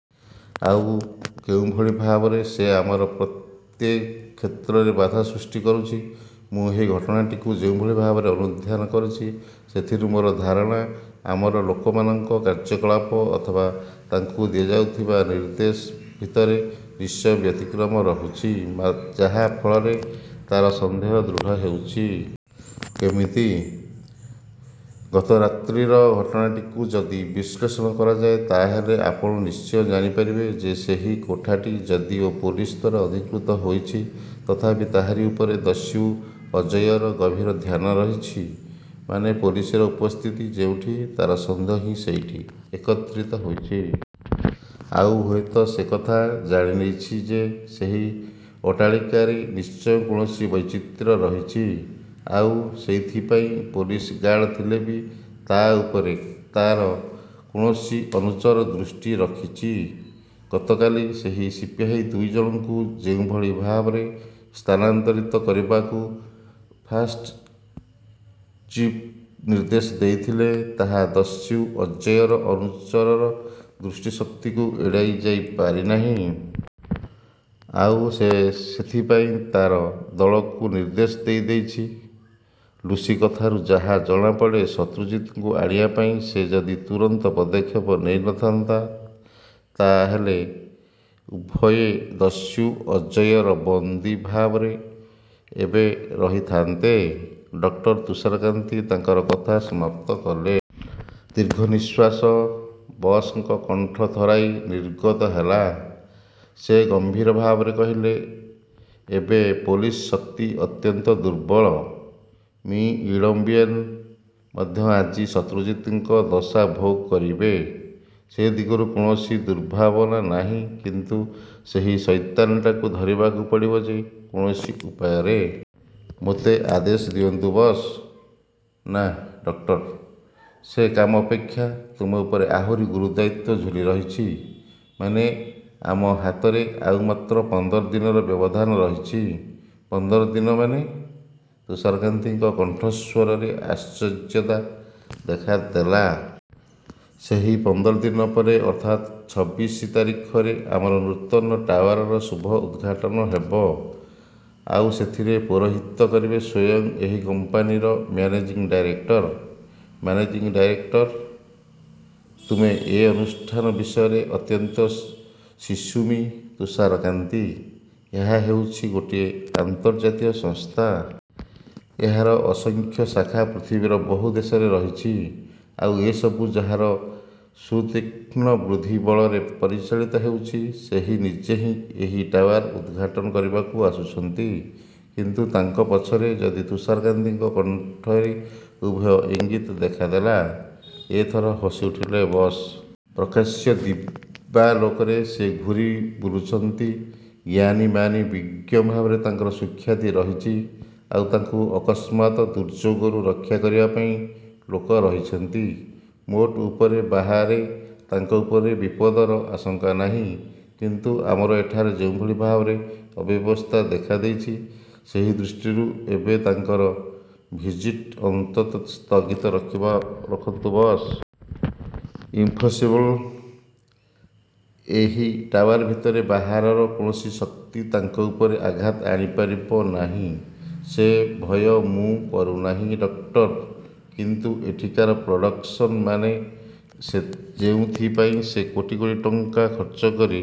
ଆଉ କେଉଁଭଳି ଭାବରେ ସେ ଆମର ପ୍ରତ୍ୟେକ କ୍ଷେତ୍ରରେ ବାଧା ସୃଷ୍ଟି କରୁଛି। ମୁଁ ଏହି ଘଟଣାଟିକୁ ଯେଉଁଭଳି ଭାବରେ ଅନୁଧ୍ୟାନ କରିଛି ସେଥିରୁ ମୋର ଧାରଣା ଆମର ଲୋକମାନଙ୍କର କାର୍ଯ୍ୟକଳାପ ଅଥବା ତାଙ୍କୁ ଦିଆଯାଉଥିବା ନିର୍ଦ୍ଦେଶ ଭିତରେ ନିଶ୍ଚୟ ବ୍ୟତିକ୍ରମ ରହୁଛି ଯାହା ଫଳରେ ତା’ର ସନ୍ଦେହ ଦୃଢ଼ ହେଉଛି। କେମିତି? ଗତରାତ୍ରିର ଘଟଣାଟିକୁ ଯଦି ବିଶ୍ଳେଷଣ କରାଯାଏ ତା’ ହେଲେ ଆପଣ ନିଶ୍ଚୟ ଜାଣିପାରିବେ ଯେ ସେହି କୋଠାଟି ଯଦିଓ ପୋଲିସ ଦ୍ୱାରା ଅଧିକୃତ ହୋଇଛି ତଥାପି ତାହାରି ଉପରେ ଦସ୍ୟୁ ଅଜୟର ଗଭୀର ଧ୍ୟାନ ରହିଛି। ମାନେ ପୋଲିସର ଉପସ୍ଥିତି ଯେଉଁଠି ତା’ର ସନ୍ଦେହ ହିଁ ସେଇଠି ଏକତ୍ରିତ ହୋଇଛି। ଆଉ ହୁଏତ ସେ କଥା ଜାଣିନେଇଛି ଯେ ସେହି ଅଟ୍ଟାଳିକାରେ ନିଶ୍ଚୟ କୌଣସି ବୈଚିତ୍ର୍ୟ ରହିଛି। ଆଉ ସେଇଥିପାଇଁ ପୋଲିସ ଗାର୍ଡ ଥିଲେ ବି ତା’ ଉପରେ ତା’ର କୌଣସି ଅନୁଚର ଦୃଷ୍ଟି ରଖିଛି। ଗତକାଲି ସେହି ସିପାହୀ ଦୁଇ ଜଣଙ୍କୁ ଯେଉଁଭଳି ଭାବରେ ସ୍ଥାନାନ୍ତରିତ କରିବାକୁ ଫାଷ୍ଟ ଚିଫ୍ ନିର୍ଦ୍ଦେଶ ଦେଇଥିଲେ ତାହା ଦସ୍ୟୁ ଅଜୟର ଅନୁଚରର ଦୃଷ୍ଟିଶକ୍ତିକୁ ଏଡ଼ାଇ ଯାଇ ପାରି ନାହିଁ। ଆଉ ସେ ସେଇଥିପାଇଁ ତା’ର ଦଳକୁ ନିର୍ଦ୍ଦେଶ ଦେଇ ଦେଇଛି। ଲୁସି କଥାରୁ ଯାହା ଜଣାପଡ଼େ ଶତ୍ରୁଜିତ୍‌ଙ୍କୁ ଆଣିବା ପାଇଁ ସେ ଯଦି ତୁରନ୍ତ ପଦକ୍ଷେପ ନେଇ ନ ଥାନ୍ତା ତା’ ହେଲେ ଉଭୟେ ଦସ୍ୟୁ ଅଜୟର ବନ୍ଦୀ ଭାବରେ ଏବେ ରହିଥାଆନ୍ତେ। ଡକ୍ଟର ତୁଷାରକାନ୍ତି ତାଙ୍କର କଥା ସମାପ୍ତ କଲେ। ଦୀର୍ଘନିଶ୍ୱାସ ବସ୍‌ଙ୍କ କଣ୍ଠ ଥରାଇ ନିର୍ଗତ ହେଲା। ସେ ଗମ୍ବୀର ଭାବରେ କହିଲେ ଏବେ ପୋଲିସ ଶକ୍ତି ଅତ୍ୟନ୍ତ ଦୁର୍ବଳ। ମି ଇଡମ୍ବିଏନ୍ ମଧ୍ୟ ଆଜି ଶତ୍ରୁଜିତ୍‌ଙ୍କ ଦଶା ଭୋଗ କରିବେ। ସେ ଦିଗରୁ କୌଣସି ଦୁର୍ଭାବନା ନାହିଁ କିନ୍ତୁ ସେହି ସୈତାନଟାକୁ ଧରିବାକୁ ପଡ଼ିବ ଯେ କୌଣସି ଉପାୟରେ। ମୋତେ ଆଦେଶ ଦିଅନ୍ତୁ ବସ୍। ନାଃ ଡକ୍ଟର। ସେ କାମ ଅପେକ୍ଷା ତୁମ ଉପରେ ଆହୁରି ଗୁରୁ ଦାୟିତ୍ୱ ଝୁଲି ରହିଛି। ମାନେ ଆମ ହାତରେ ଆଉ ମାତ୍ର ପନ୍ଦର ଦିନର ବ୍ୟବଧାନ ରହିଛି। ପନ୍ଦର ଦିନ ମାନେ? ତୁଷାରକାନ୍ତିଙ୍କ କଣ୍ଠସ୍ୱରରେ ଆଶ୍ଚର୍ଯ୍ୟତା ଦେଖା ଦେଲା। ସେହି ପନ୍ଦର ଦିନ ପରେ ଅର୍ଥାତ୍ ଛବିଶ ତାରିଖରେ ଆମର ନୂତନ ଟାୱାରର ଶୁଭ ଉଦ୍‌ଘାଟନ ହେବ। ଆଉ ସେଥିରେ ପୌରୋହିତ୍ୟ କରିବେ ସ୍ୱୟଂ ଏହି କମ୍ପାନୀର ମ୍ୟାନେଜିଂ ଡାଇରେକ୍ଟର। Managing director! ତୁମେ ଏ ଅନୁଷ୍ଠାନ ବିଷୟରେ ଅତ୍ୟନ୍ତ ଶିଶୁ ମି ତୁଷାରକାନ୍ତି। ଏହା ହେଉଛି ଗୋଟିଏ ଆନ୍ତର୍ଜାତୀୟ ସଂସ୍ଥା। ଏହାର ଅସଂଖ୍ୟ ଶାଖା ପୃଥିବୀର ବହୁ ଦେଶରେ ରହିଛି। ଆଉ ଏ ସବୁ ଯାହାର ସୁତୀକ୍ଷ୍ଣ ବୁଦ୍ଧିବଳରେ ପରିଚାଳିତ ହେଉଛି ସେହି ନିଜେ ଏହି ଟାୱାର୍ ଉଦ୍‌ଘାଟନ କରିବାକୁ ଆସୁଛନ୍ତି। କିନ୍ତୁ ତାଙ୍କ ପଛରେ ଯଦି ତୁଷାରକାନ୍ତିଙ୍କ କଣ୍ଠରେ ଭୟର ଇଙ୍ଗିତ ଦେଖା ଦେଲା। ଏ ଥର ହସିଉଠିଲେ ବସ୍। ପ୍ରକାଶ୍ୟ ଦିବାଲୋକରେ ସେ ଘୂରି ବୁଲୁଛନ୍ତି। ଜ୍ଞାନୀ ମାନୀ ବିଜ୍ଞ ଭାବରେ ତାଙ୍କର ସୁଖ୍ୟାତି ରହିଛି। ଆଉ ତାଙ୍କୁ ଅକସ୍ମାତ୍ ଦୁର୍ଯୋଗରୁ ରକ୍ଷା କରିବା ପାଇଁ ଲୋକ ରହିଛନ୍ତି। ମୋଟ ଉପରେ ବାହାରେ ତାଙ୍କ ଉପରେ ବିପଦର ଆଶଙ୍କା ନାହିଁ କିନ୍ତୁ ଆମର ଏଠାରେ ଯେଉଁଭଳି ଭାବରେ ଅବ୍ୟବସ୍ଥା ଦେଖା ଦେଇଛି ସେହି ଦୃଷ୍ଟିରୁ ଏବେ ତାଙ୍କର ଭିଜିଟ୍ ଅନ୍ତତଃ ସ୍ଥଗିତ ରଖନ୍ତୁ ବସ୍। ଇମ୍ପସିବଲ୍। ଏହି ଟାୱାର୍ ଭିତରେ ବାହାରର କୌଣସି ଶକ୍ତି ତାଙ୍କ ଉପରେ ଆଘାତ ଆଣିପାରିବ ନାହିଁ। ସେ ଭୟ ମୁଁ କରୁ ନାହିଁ ଡକ୍ଟର କିନ୍ତୁ ଏଠିକାର ପ୍ରଡକ୍ସନ୍ ମାନେ ଯେଉଁଥିପାଇଁ ସେ କୋଟି କୋଟି ଟଙ୍କା ଖର୍ଚ୍ଚ କରି